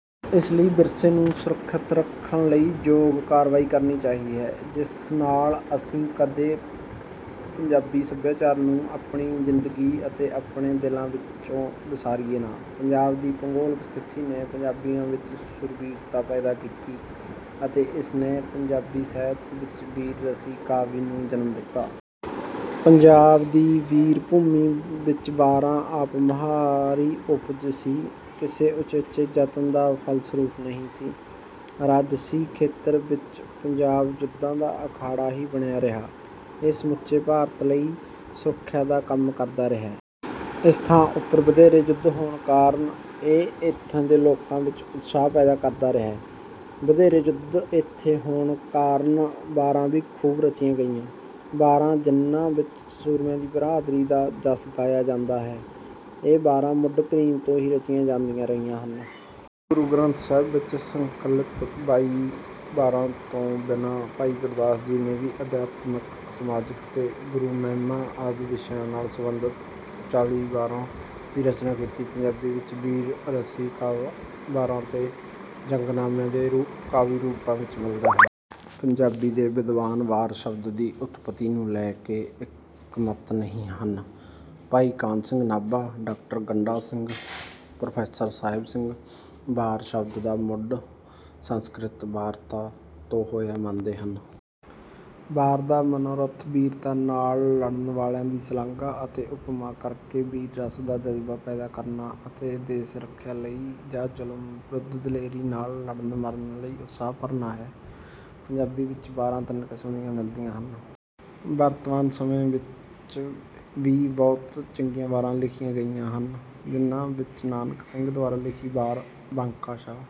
ਇਸ ਲਈ ਵਿਰਸੇ ਨੂੰ ਸੁਰੱਖਿਅਤ ਰੱਖਣ ਲਈ ਯੋਗ ਕਾਰਵਾਈ ਕਰਨੀ ਚਾਹੀਦੀ ਹੈ, ਜਿਸ ਨਾਲ ਅਸੀਂ ਕਦੇ 'ਪੰਜਾਬੀ ਸੱਭਿਆਚਾਰ' ਨੂੰ ਆਪਣੀ ਜ਼ਿੰਦਗੀ ਅਤੇ ਆਪਣੇ ਦਿਲਾਂ ਵਿੱਚੋਂ ਵਿਸਾਰੀਏ ਨਾ। ਪੰਜਾਬ ਦੀ ਭੂਗੋਲਿਕ ਸਥਿਤੀ ਨੇ ਪੰਜਾਬੀਆਂ ਵਿੱਚ ਸ਼ੂਰਬੀਰਤਾ ਪੈਦਾ ਕੀਤੀ, ਅਤੇ ਇਸ ਨੇ ਪੰਜਾਬੀ ਸਾਹਿਤ ਵਿੱਚ ਬੀਰ-ਰਸੀ ਕਾਵਿ ਨੂੰ ਜਨਮ ਦਿੱਤਾ। ਪੰਜਾਬ ਦੀ ਵੀਰ-ਭੂਮੀ ਵਿੱਚ 'ਵਾਰਾਂ' ਆਪ-ਮੁਹਾਰੀ ਉਪਜ ਸੀ, ਕਿਸੇ ਉਚੇਚੇ ਜਤਨ ਦਾ ਫਲਸਰੂਪ ਨਹੀਂ ਸੀ। ਰਾਜਸੀ ਖੇਤਰ ਵਿੱਚ ਪੰਜਾਬ ਜੁੱਧਾਂ ਦਾ ਅਖਾੜਾ ਹੀ ਬਣਿਆ ਰਿਹਾ, ਇਹ ਸਮੁੱਚੇ ਭਾਰਤ ਲਈ ਸੁਰੱਖਿਆ ਦਾ ਕੰਮ ਕਰਦਾ ਰਿਹਾ। ਇਸ ਥਾਂ ਉੱਪਰ ਵਧੇਰੇ ਜੁੱਧ ਹੋਣ ਕਾਰਨ ਇਹ ਇੱਥੇ ਦੇ ਲੋਕਾਂ ਵਿੱਚ ਉਤਸ਼ਾਹ ਪੈਦਾ ਕਰਦਾ ਰਿਹਾ। ਵਧੇਰੇ ਜੁੱਧ ਇੱਥੇ ਹੋਣ ਕਾਰਨ ਵਾਰਾਂ ਵੀ ਖੂਬ ਰਚੀਆਂ ਗਈਆਂ। ਵਾਰਾਂ, ਜਿਹਨਾਂ ਵਿੱਚ ਸੂਰਮਿਆਂ ਦੀ ਬਹਾਦਰੀ ਦਾ ਜਸ ਗਾਇਆ ਜਾਂਦਾ ਹੈ, ਇਹ ਵਾਰਾਂ ਮੁੱਢ-ਕਦੀਮ ਤੋਂ ਹੀ ਰਚੀਆਂ ਜਾਂਦੀਆਂ ਰਹੀਆਂ ਹਨ। ਗੁਰੂ ਗ੍ਰੰਥ ਸਾਹਿਬ ਵਿੱਚ ਸੰਕਲਿਤ ਬਾਈ ਵਾਰਾਂ ਤੋਂ ਬਿਨਾਂ ਭਾਈ ਗੁਰਦਾਸ ਜੀ ਨੇ ਵੀ ਅਧਿਆਤਮਿਕ, ਸਮਾਜਿਕ ਤੇ ਗੁਰੂ-ਮਹਿਮਾ ਆਦਿ ਵਿਸ਼ਿਆਂ ਨਾਲ ਸੰਬੰਧਿਤ ਚਾਲੀ ਵਾਰਾਂ ਦੀ ਰਚਨਾ ਕੀਤੀ। ਪੰਜਾਬੀ ਵਿੱਚ ਬੀਰ-ਰਸੀ ਕਾਵਿ, ਵਾਰਾਂ ਤੇ ਜੰਗਨਾਮਿਆਂ ਦੇ ਕਾਵਿ-ਰੂਪਾਂ ਵਿੱਚ ਮਿਲਦਾ ਹੈ। ਪੰਜਾਬੀ ਦੇ ਵਿਦਵਾਨ 'ਵਾਰ' ਸ਼ਬਦ ਦੀ ਉਤਪੱਤੀ ਨੂੰ ਲੈ ਕੇ ਇੱਕਮਤ ਨਹੀਂ ਹਨ। ਭਾਈ ਕਾਨ੍ਹ ਸਿੰਘ ਨਾਭਾ, ਡਾਕਟਰ ਗੰਡਾ ਸਿੰਘ, ਪ੍ਰੋਫੈਸਰ ਸਾਹਿਬ ਸਿੰਘ 'ਵਾਰ' ਸ਼ਬਦ ਦਾ ਮੁੱਢ ਸੰਸਕ੍ਰਿਤ 'ਵਾਰਤਾ' ਤੋਂ ਹੋਇਆ ਮੰਨਦੇ ਹਨ। ਵਾਰ ਦਾ ਮਨੋਰਥ ਬੀਰਤਾ ਨਾਲ ਲੜਨ ਵਾਲਿਆਂ ਦੀ ਸ਼ਲਾਘਾ ਅਤੇ ਉਪਮਾ ਕਰ ਕੇ ਬੀਰ-ਰਸ ਦਾ ਜਜ਼ਬਾ ਪੈਦਾ ਕਰਨਾ ਅਤੇ ਦੇਸ਼-ਰੱਖਿਆ ਲਈ ਜਾਂ ਜ਼ੁਲਮ ਵਿਰੁੱਧ ਦਲੇਰੀ ਨਾਲ ਲੜਨ-ਮਰਨ ਲਈ ਉਤਸ਼ਾਹ ਭਰਨਾ ਹੈ। ਪੰਜਾਬੀ ਵਿੱਚ ਵਾਰਾਂ ਤਿੰਨ ਕਿਸਮ ਦੀਆਂ ਮਿਲਦੀਆਂ ਹਨ। ਵਰਤਮਾਨ ਸਮੇਂ ਵਿੱਚ ਵੀ ਬਹੁਤ ਚੰਗੀਆਂ ਵਾਰਾਂ ਲਿਖੀਆਂ ਗਈਆਂ ਹਨ, ਜਿਹਨਾਂ ਵਿੱਚ ਨਾਨਕ ਸਿੰਘ ਦੁਆਰਾ ਲਿਖੀ 'ਵਾਰ ਬਾਂਕਾ ਸ਼ਾਹ'